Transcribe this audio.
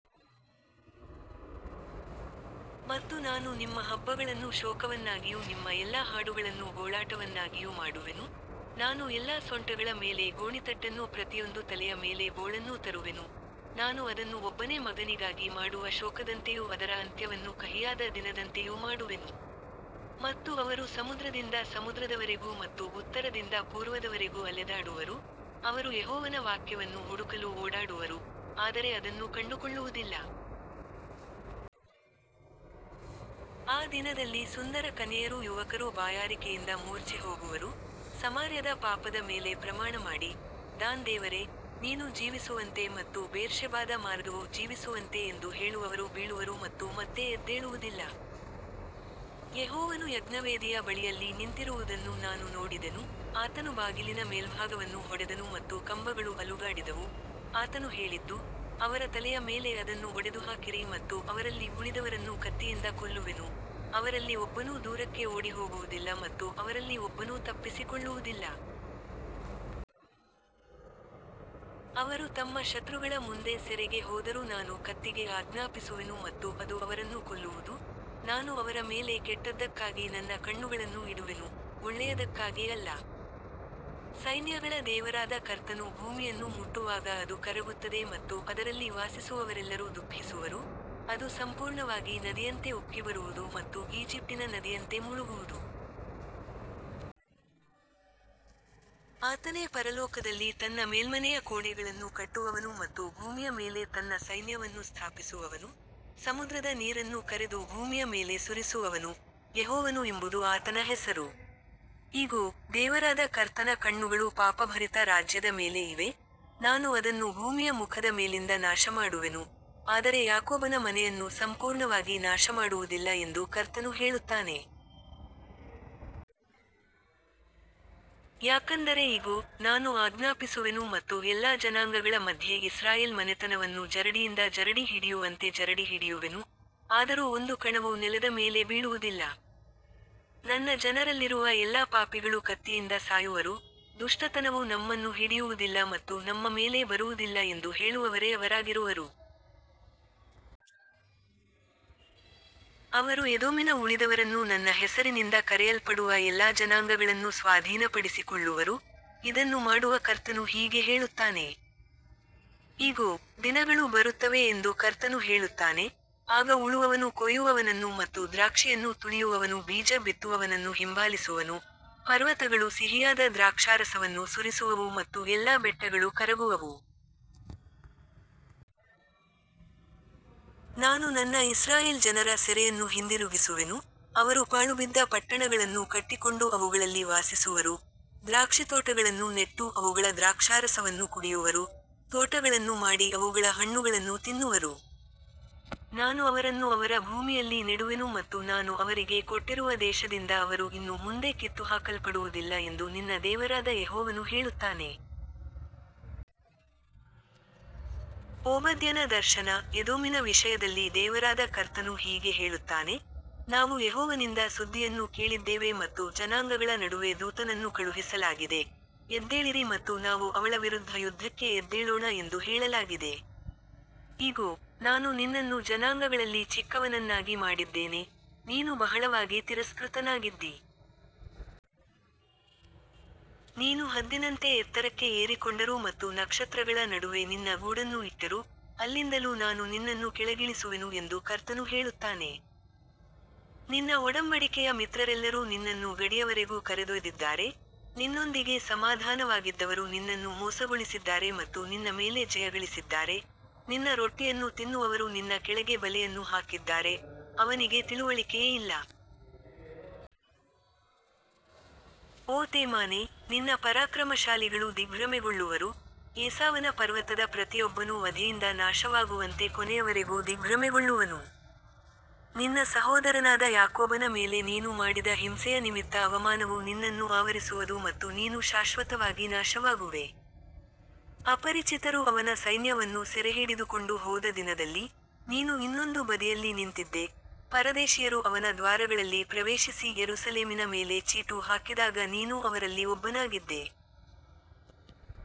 ಮತ್ತು ನಾನು ನಿಮ್ಮ ಹಬ್ಬಗಳನ್ನು ಶೋಕವನ್ನಾಗಿಯೂ ನಿಮ್ಮ ಎಲ್ಲಾ ಹಾಡುಗಳನ್ನು ಗೋಳಾಟವನ್ನಾಗಿಯೂ ಮಾಡುವೆನು, ನಾನು ಎಲ್ಲಾ ಸೊಂಟಗಳ ಮೇಲೆ ಗೋಣಿತಟ್ಟನ್ನೂ ಪ್ರತಿಯೊಂದು ತಲೆಯ ಮೇಲೆ ಬೋಳನ್ನೂ ತರುವೆನು, ನಾನು ಅದನ್ನು ಒಬ್ಬನೇ ಮಗನಿಗಾಗಿ ಮಾಡುವ ಶೋಕದಂತೆಯೂ ಅದರ ಅಂತ್ಯವನ್ನು ಕಹಿಯಾದ ದಿನದಂತೆಯೂ ಮಾಡುವೆನು. ಮತ್ತು ಅವರು ಸಮುದ್ರದಿಂದ ಸಮುದ್ರದವರೆಗೂ ಮತ್ತು ಉತ್ತರದಿಂದ ಪೂರ್ವದವರೆಗೂ ಅಲೆದಾಡುವರು, ಅವರು ಯೆಹೋವನ ವಾಕ್ಯವನ್ನು ಹುಡುಕಲು ಓಡಾಡುವರು, ಆದರೆ ಅದನ್ನು ಕಂಡುಕೊಳ್ಳುವುದಿಲ್ಲ. ಆ ದಿನದಲ್ಲಿ ಸುಂದರ ಕನ್ಯೆಯರೂ ಯುವಕರೂ ಬಾಯಾರಿಕೆಯಿಂದ ಮೂರ್ಛೆಹೋಗುವರು, ಸಮಾರ್ಯದ ಪಾಪದ ಮೇಲೆ ಪ್ರಮಾಣಮಾಡಿ, ದಾನ್ ದೇವರೇ, ನೀನು ಜೀವಿಸುವಂತೆ ಮತ್ತು ಬೇರ್ಷೆಬಾದ ಮಾರ್ಗವು ಜೀವಿಸುವಂತೆ ಎಂದು ಹೇಳುವವರು ಬೀಳುವರು ಮತ್ತು ಮತ್ತೆ ಎದ್ದೇಳುವುದಿಲ್ಲ. ಯೆಹೋವನು ಯಜ್ಞವೇದಿಯ ಬಳಿಯಲ್ಲಿ ನಿಂತಿರುವುದನ್ನು ನಾನು ನೋಡಿದೆನು, ಆತನು ಬಾಗಿಲಿನ ಮೇಲ್ಭಾಗವನ್ನು ಹೊಡೆದನು ಮತ್ತು ಕಂಬಗಳು ಅಲುಗಾಡಿದವು, ಆತನು ಹೇಳಿದ್ದು, ಅವರ ತಲೆಯ ಮೇಲೆ ಅದನ್ನು ಒಡೆದುಹಾಕಿರಿ ಮತ್ತು ಅವರಲ್ಲಿ ಉಳಿದವರನ್ನು ಕತ್ತಿಯಿಂದ ಕೊಲ್ಲುವೆನು, ಅವರಲ್ಲಿ ಒಬ್ಬನೂ ದೂರಕ್ಕೆ ಓಡಿಹೋಗುವುದಿಲ್ಲ ಮತ್ತು ಅವರಲ್ಲಿ ಒಬ್ಬನೂ ತಪ್ಪಿಸಿಕೊಳ್ಳುವುದಿಲ್ಲ. ಅವರು ತಮ್ಮ ಶತ್ರುಗಳ ಮುಂದೆ ಸೆರೆಗೆ ಹೋದರೂ ನಾನು ಕತ್ತಿಗೆ ಆಜ್ಞಾಪಿಸುವೆನು ಮತ್ತು ಅದು ಅವರನ್ನು ಕೊಲ್ಲುವುದು, ನಾನು ಅವರ ಮೇಲೆ ಕೆಟ್ಟದ್ದಕ್ಕಾಗಿ ನನ್ನ ಕಣ್ಣುಗಳನ್ನು ಇಡುವೆನು, ಒಳ್ಳೆಯದಕ್ಕಾಗಿ ಅಲ್ಲ. ಸೈನ್ಯಗಳ ದೇವರಾದ ಕರ್ತನು ಭೂಮಿಯನ್ನು ಮುಟ್ಟುವಾಗ ಅದು ಕರಗುತ್ತದೆ ಮತ್ತು ಅದರಲ್ಲಿ ವಾಸಿಸುವವರೆಲ್ಲರೂ ದುಃಖಿಸುವರು, ಅದು ಸಂಪೂರ್ಣವಾಗಿ ನದಿಯಂತೆ ಉಕ್ಕಿಬರುವುದು ಮತ್ತು ಈಜಿಪ್ಟಿನ ನದಿಯಂತೆ ಮುಳುಗುವುದು. ಆತನೇ ಪರಲೋಕದಲ್ಲಿ ತನ್ನ ಮೇಲ್ಮನೆಯ ಕೋಣೆಗಳನ್ನು ಕಟ್ಟುವವನು ಮತ್ತು ಭೂಮಿಯ ಮೇಲೆ ತನ್ನ ಸೈನ್ಯವನ್ನು ಸ್ಥಾಪಿಸುವವನು, ಸಮುದ್ರದ ನೀರನ್ನು ಕರೆದು ಭೂಮಿಯ ಮೇಲೆ ಸುರಿಸುವವನು, ಯೆಹೋವನು ಎಂಬುದು ಆತನ ಹೆಸರು. ಇಗೋ, ದೇವರಾದ ಕರ್ತನ ಕಣ್ಣುಗಳು ಪಾಪಭರಿತ ರಾಜ್ಯದ ಮೇಲೆ ಇವೆ, ನಾನು ಅದನ್ನು ಭೂಮಿಯ ಮುಖದ ಮೇಲಿಂದ ನಾಶಮಾಡುವೆನು, ಆದರೆ ಯಾಕೋಬನ ಮನೆಯನ್ನು ಸಂಪೂರ್ಣವಾಗಿ ನಾಶಮಾಡುವುದಿಲ್ಲ ಎಂದು ಕರ್ತನು ಹೇಳುತ್ತಾನೆ. ಯಾಕಂದರೆ ಇಗೋ, ನಾನು ಆಜ್ಞಾಪಿಸುವೆನು ಮತ್ತು ಎಲ್ಲಾ ಜನಾಂಗಗಳ ಮಧ್ಯೆ ಇಸ್ರಾಯೇಲ್ ಮನೆತನವನ್ನು ಜರಡಿಯಿಂದ ಜರಡಿ ಹಿಡಿಯುವಂತೆ ಜರಡಿ ಹಿಡಿಯುವೆನು, ಆದರೂ ಒಂದು ಕಣವೂ ನೆಲದ ಮೇಲೆ ಬೀಳುವುದಿಲ್ಲ. ನನ್ನ ಜನರಲ್ಲಿರುವ ಎಲ್ಲಾ ಪಾಪಿಗಳು ಕತ್ತಿಯಿಂದ ಸಾಯುವರು, ದುಷ್ಟತನವು ನಮ್ಮನ್ನು ಹಿಡಿಯುವುದಿಲ್ಲ ಮತ್ತು ನಮ್ಮ ಮೇಲೆ ಬರುವುದಿಲ್ಲ ಎಂದು ಹೇಳುವವರೇ ಅವರಾಗಿರುವರು. ಅವರು ಎದೋಮಿನ ಉಳಿದವರನ್ನೂ ನನ್ನ ಹೆಸರಿನಿಂದ ಕರೆಯಲ್ಪಡುವ ಎಲ್ಲಾ ಜನಾಂಗಗಳನ್ನೂ ಸ್ವಾಧೀನಪಡಿಸಿಕೊಳ್ಳುವರು, ಇದನ್ನು ಮಾಡುವ ಕರ್ತನು ಹೀಗೆ ಹೇಳುತ್ತಾನೆ. ಇಗೋ, ದಿನಗಳು ಬರುತ್ತವೆ ಎಂದು ಕರ್ತನು ಹೇಳುತ್ತಾನೆ, ಆಗ ಉಳುವವನು ಕೊಯ್ಯುವವನನ್ನು ಮತ್ತು ದ್ರಾಕ್ಷಿಯನ್ನು ತುಳಿಯುವವನು ಬೀಜ ಬಿತ್ತುವವನನ್ನು ಹಿಂಬಾಲಿಸುವನು, ಪರ್ವತಗಳು ಸಿಹಿಯಾದ ದ್ರಾಕ್ಷಾರಸವನ್ನು ಸುರಿಸುವವು ಮತ್ತು ಎಲ್ಲಾ ಬೆಟ್ಟಗಳು ಕರಗುವವು. ನಾನು ನನ್ನ ಇಸ್ರಾಯೇಲ್ ಜನರ ಸೆರೆಯನ್ನು ಹಿಂದಿರುಗಿಸುವೆನು, ಅವರು ಪಾಳುಬಿದ್ದ ಪಟ್ಟಣಗಳನ್ನು ಕಟ್ಟಿಕೊಂಡು ಅವುಗಳಲ್ಲಿ ವಾಸಿಸುವರು, ದ್ರಾಕ್ಷಿತೋಟಗಳನ್ನು ನೆಟ್ಟು ಅವುಗಳ ದ್ರಾಕ್ಷಾರಸವನ್ನು ಕುಡಿಯುವರು, ತೋಟಗಳನ್ನು ಮಾಡಿ ಅವುಗಳ ಹಣ್ಣುಗಳನ್ನು ತಿನ್ನುವರು. ನಾನು ಅವರನ್ನು ಅವರ ಭೂಮಿಯಲ್ಲಿ ನೆಡುವೆನು ಮತ್ತು ನಾನು ಅವರಿಗೆ ಕೊಟ್ಟಿರುವ ದೇಶದಿಂದ ಅವರು ಇನ್ನು ಮುಂದೆ ಕಿತ್ತುಹಾಕಲ್ಪಡುವುದಿಲ್ಲ ಎಂದು ನಿನ್ನ ದೇವರಾದ ಯೆಹೋವನು ಹೇಳುತ್ತಾನೆ. ಓಬದ್ಯನ ದರ್ಶನ, ಎದೋಮಿನ ವಿಷಯದಲ್ಲಿ ದೇವರಾದ ಕರ್ತನು ಹೀಗೆ ಹೇಳುತ್ತಾನೆ, ನಾವು ಯೆಹೋವನಿಂದ ಸುದ್ದಿಯನ್ನು ಕೇಳಿದ್ದೇವೆ ಮತ್ತು ಜನಾಂಗಗಳ ನಡುವೆ ದೂತನನ್ನು ಕಳುಹಿಸಲಾಗಿದೆ, ಎದ್ದೇಳಿರಿ ಮತ್ತು ನಾವು ಅವಳ ವಿರುದ್ಧ ಯುದ್ಧಕ್ಕೆ ಎದ್ದೇಳೋಣ ಎಂದು ಹೇಳಲಾಗಿದೆ. ಇಗೋ, ನಾನು ನಿನ್ನನ್ನು ಜನಾಂಗಗಳಲ್ಲಿ ಚಿಕ್ಕವನನ್ನಾಗಿ ಮಾಡಿದ್ದೇನೆ, ನೀನು ಬಹಳವಾಗಿ ತಿರಸ್ಕೃತನಾಗಿದ್ದೀ. ನೀನು ಹದ್ದಿನಂತೆ ಎತ್ತರಕ್ಕೆ ಏರಿಕೊಂಡರೂ ಮತ್ತು ನಕ್ಷತ್ರಗಳ ನಡುವೆ ನಿನ್ನ ಗೂಡನ್ನು ಇಟ್ಟರೂ, ಅಲ್ಲಿಂದಲೂ ನಾನು ನಿನ್ನನ್ನು ಕೆಳಗಿಳಿಸುವೆನು ಎಂದು ಕರ್ತನು ಹೇಳುತ್ತಾನೆ. ನಿನ್ನ ಒಡಂಬಡಿಕೆಯ ಮಿತ್ರರೆಲ್ಲರೂ ನಿನ್ನನ್ನು ಗಡಿಯವರೆಗೂ ಕರೆದೊಯ್ದಿದ್ದಾರೆ, ನಿನ್ನೊಂದಿಗೆ ಸಮಾಧಾನವಾಗಿದ್ದವರು ನಿನ್ನನ್ನು ಮೋಸಗೊಳಿಸಿದ್ದಾರೆ ಮತ್ತು ನಿನ್ನ ಮೇಲೆ ಜಯಗಳಿಸಿದ್ದಾರೆ, ನಿನ್ನ ರೊಟ್ಟಿಯನ್ನು ತಿನ್ನುವವರು ನಿನ್ನ ಕೆಳಗೆ ಬಲೆಯನ್ನು ಹಾಕಿದ್ದಾರೆ, ಅವನಿಗೆ ತಿಳುವಳಿಕೆಯೇ ಇಲ್ಲ. ಓ ತೇಮಾನೇ, ನಿನ್ನ ಪರಾಕ್ರಮಶಾಲಿಗಳು ದಿಗ್ಭ್ರಮೆಗೊಳ್ಳುವರು, ಏಸಾವನ ಪರ್ವತದ ಪ್ರತಿಯೊಬ್ಬನೂ ವಧೆಯಿಂದ ನಾಶವಾಗುವಂತೆ ಕೊನೆಯವರೆಗೂ ದಿಗ್ಭ್ರಮೆಗೊಳ್ಳುವನು. ನಿನ್ನ ಸಹೋದರನಾದ ಯಾಕೋಬನ ಮೇಲೆ ನೀನು ಮಾಡಿದ ಹಿಂಸೆಯ ನಿಮಿತ್ತ ಅವಮಾನವು ನಿನ್ನನ್ನು ಆವರಿಸುವದು ಮತ್ತು ನೀನು ಶಾಶ್ವತವಾಗಿ ನಾಶವಾಗುವೆ. ಅಪರಿಚಿತರು ಅವನ ಸೈನ್ಯವನ್ನು ಸೆರೆಹಿಡಿದುಕೊಂಡು ಹೋದ ದಿನದಲ್ಲಿ, ನೀನು ಇನ್ನೊಂದು ಬದಿಯಲ್ಲಿ ನಿಂತಿದ್ದೆ, ಪರದೇಶಿಯರು ಅವನ ದ್ವಾರಗಳಲ್ಲಿ ಪ್ರವೇಶಿಸಿ ಯೆರೂಸಲೇಮಿನ ಮೇಲೆ ಚೀಟು ಹಾಕಿದಾಗ ನೀನೂ ಅವರಲ್ಲಿ ಒಬ್ಬನಾಗಿದ್ದೆ.